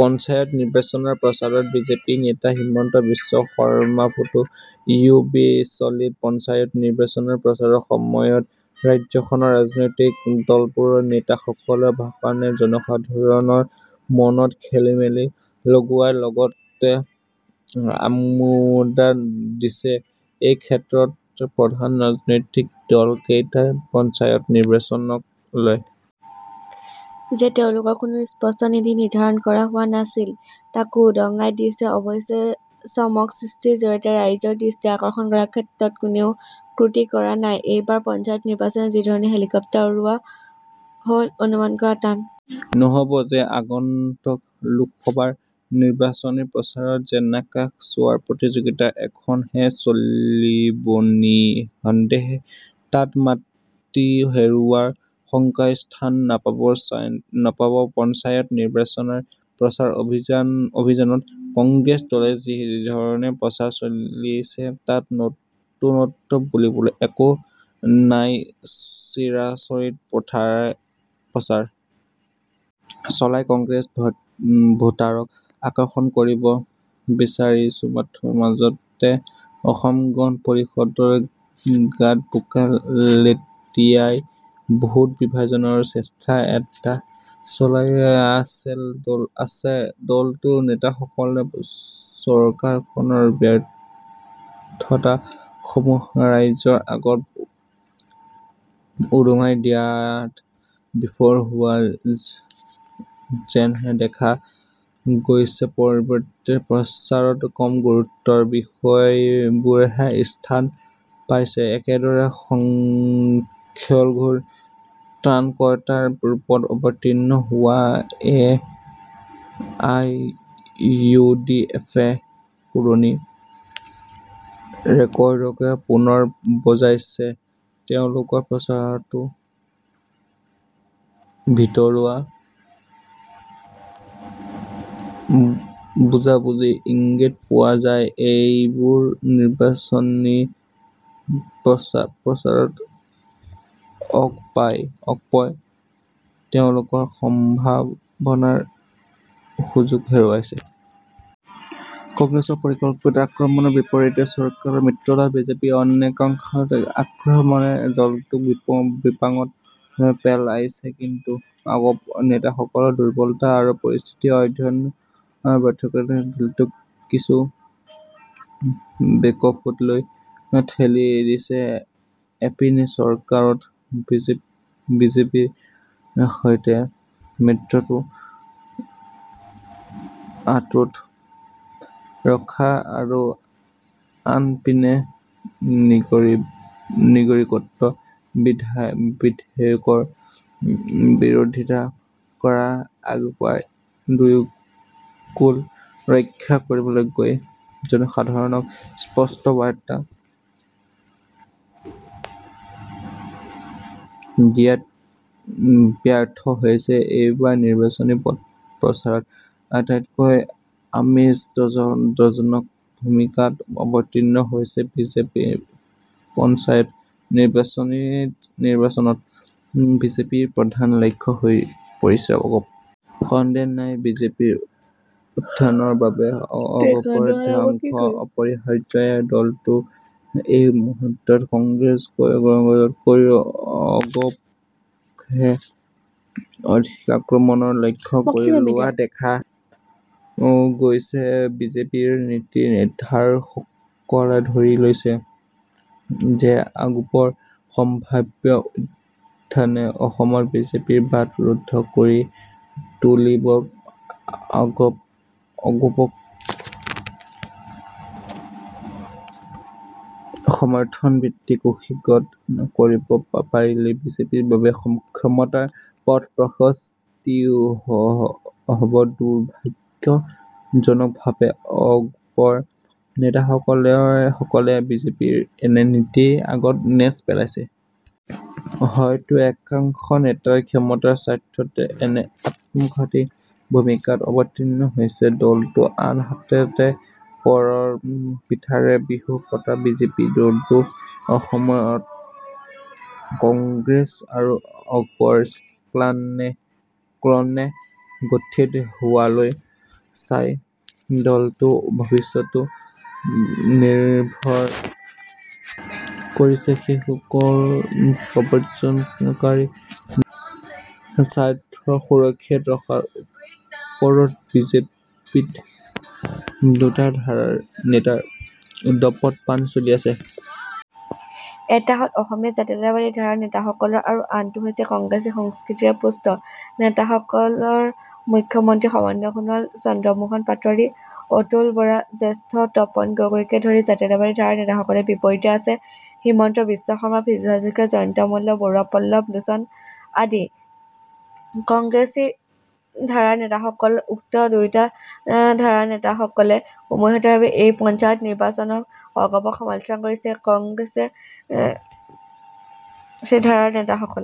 পঞ্চায়ত নিৰ্বাচনৰ প্ৰচাৰত বিজেপি নেতা হিমন্ত বিশ্ব শৰ্মাফটো ইউ বি চলিত পঞ্চায়ত নিৰ্বাচনৰ প্ৰচাৰৰ সময়ত ৰাজ্যখনৰ ৰাজনৈতিক দলবোৰৰ নেতাসকলৰ ভাষণে জনসাধাৰণৰ মনত খেলিমেলি লগোৱাৰ লগতে আমোদো দিছেএইক্ষেত্ৰত প্ৰধান ৰাজনৈতিক দলকেইটাৰ পঞ্চায়ত নিৰ্বাচনক লৈ যে তেওঁলোকৰ কোনো স্পষ্ট নীতি নিৰ্দ্ধাৰণ কৰা হোৱা নাছিল তাকো উদঙাই দিছেঅৱশ্যে চমক সৃষ্টিৰ জৰিয়তে ৰাইজৰ দৃষ্টি আকৰ্ষণ কৰাৰ ক্ষেত্ৰত কোনেও ত্ৰুটি কৰা নাইএইবাৰ পঞ্চায়ত নিৰ্বাচনতে যিধৰণে হেলিকপ্টাৰ উৰুওৱা হল অনুমান কৰা টান নহব যে আগন্তুক লোকসভাৰ নিৰ্বাচনী প্ৰচাৰত যেন আকাশ চুৱাৰ প্ৰতিযোগিতা এখনহে চলিবনিসন্দেহে তাত মাটি হেৰুওৱাৰ শংকাই স্থান নাপাবপঞ্চায়ত নিৰ্বাচনৰ প্ৰচাৰ অভিযানত কংগ্ৰেছ দলে যিধৰণে প্ৰচাৰ চলাইছে তাত নতুনত্ব বুলিবলৈ একো নাইচিৰাচৰিত প্ৰথাৰে প্ৰচাৰ চলাই কংগ্ৰেছে ভোটাৰক আকৰ্ষণ কৰিব বিচাৰিছেমাথোঁ মাজতে অসম গণ পৰিষদৰ গাত বোকা লেটিয়াই ভোট বিভাজনৰ চেষ্টা এটা চলাই আছেদলটোৰ নেতাসকলে চৰকাৰখনৰ ব্যৰ্থতাসমূহ ৰাইজৰ আগত উদঙাই দিয়াত বিফল হোৱা যেনহে দেখা গৈছেপৰিৱৰ্তে প্ৰচাৰত কম গুৰুত্বৰ বিষয়বোৰেহে স্থান পাইছেএকেদৰে সংখ্যালঘুৰ ত্ৰাণকৰ্তাৰ ৰূপত অৱতীৰ্ণ হোৱা এআইয়ুডিএফে পুৰণি ৰেকৰ্ডকে পুনৰ বজাইছেতেওঁলোকৰ প্ৰচাৰতো ভিতৰুৱা বুজাবুজি ইংগিত পোৱা যায়এইবাৰ নিৰ্বাচনী প্ৰচাৰত অগপই তেওঁলোকৰ সম্ভাৱনাৰ সুযোগ হেৰুৱাইছে। কংগ্ৰেছৰ পৰিকল্পিত আক্ৰমণৰ বিপৰীতে চৰকাৰৰ মিত্ৰদল বিজেপিৰ অনাকাংখিত আক্ৰমণে দলটোক বিপাঙত পেলাইছেকিন্তু অগপ নেতাসকলৰ দুৰ্বলতা আৰু পৰিস্থিতি অধ্যয়নৰ ব্যৰ্থতাই দলটোক কিছু বেকফুটলৈ ঠেলি দিছেএপিনে চৰকাৰত বিজেপিৰ সৈতে মিত্ৰতা অটুট ৰখা আৰু আনপিনে নাগৰিকত্ব বিধেয়কৰ বিৰোধিতা কৰা অগপই দুয়োকূল ৰক্ষা কৰিবলৈ গৈ জনসাধাৰণক স্পষ্ট বাৰ্তা দিয়াত ব্যৰ্থ হৈছেএইবাৰ নিৰ্বাচনী প্ৰচাৰত আটাইতকৈ আমোদজনক ভূমিকাত অৱতীৰ্ণ হৈছে বিজেপিপঞ্চায়ত নিৰ্বাচনত বিজেপিৰ প্ৰধান লক্ষ্য হৈ পৰিছে অগপ। সন্দেহ নাই বিজেপিৰ উত্থানৰ বাবে অগপৰ ধ্বংস অপৰিহাৰ্যসেয়ে দলটোৱে এই মুহূৰ্তত কংগ্ৰেছতকৈয়ো অগপকহে অধিক আক্ৰমণৰ লক্ষ্য কৰি লোৱা দেখা গৈছেবিজেপিৰ নীতি নিৰ্দ্ধাৰকসকলে ধৰি লৈছে যে অগপৰ সম্ভাৱ্য উত্থানে অসমত বিজেপিৰ বাট ৰুদ্ধ কৰি তুলিবঅগপক ধ্বংস কৰি অগপৰ সমৰ্থন ভিত্তি কুক্ষিগত কৰিব পাৰিলেই বিজেপিৰ বাবে ক্ষমতাৰ পথ প্ৰশস্ত হবদুৰ্ভাগ্যজনকভাৱে অগপৰ নেতাসকলে বিজেপিৰ এনে নীতিৰ আগত নেজ পেলাইছে। হয়তো একাংশ নেতাৰ ক্ষমতাৰ স্বাৰ্থতে এনে আত্মঘাতী ভূমিকাত অৱতীৰ্ণ হৈছে দলটোআনহাতে পৰৰ পিঠাৰে বিহু পতা বিজেপি দলটো অসমত কংগ্ৰেছ আৰু অগপৰ ক্লনেে গঠিত হোৱালৈ চাই দলটোৰ ভৱিষ্যতো নিৰ্ভৰ কৰিছে সেইসকল প্ৰব্ৰজনকাৰী নেতাৰ স্বাৰ্থ সুৰক্ষিত ৰখাৰ ওপৰতবিজেপিত দুটা ধাৰাৰ নেতাৰ দপদপনি চলি আছে। এটা হল অসমীয়া জাতীয়তাবাদী ধাৰাৰ নেতাসকলৰ আৰু আনটো হৈছে কংগ্ৰেছী সংস্কৃতিৰে পুষ্ট নেতাসকলৰমুখ্য মন্ত্ৰী সৰ্বানন্দ সোণোৱাল চন্দ্ৰ মোহন পাটোৱাৰী অতুল বৰা জ্যেষ্ঠ তপন গগৈকে ধৰি জাতীয়তাবাদী ধাৰাৰ নেতাসকলৰ বিপৰীতে আছে হিমন্ত বিশ্ব শৰ্মা পীযুষ হাজৰিকা জয়ন্ত মল্ল বৰুৱাপল্লৱ লোচন আদি কংগ্ৰেছী ধাৰাৰ নেতাসকলউক্ত দুয়োটা ধাৰাৰ নেতাসকলে উমৈহতীয়াভাৱে এই পঞ্চায়ত নিৰ্বাচনত অগপক সমালোচনা কৰিছে। কংগ্ৰেছী ধাৰাৰ নেতাসকলে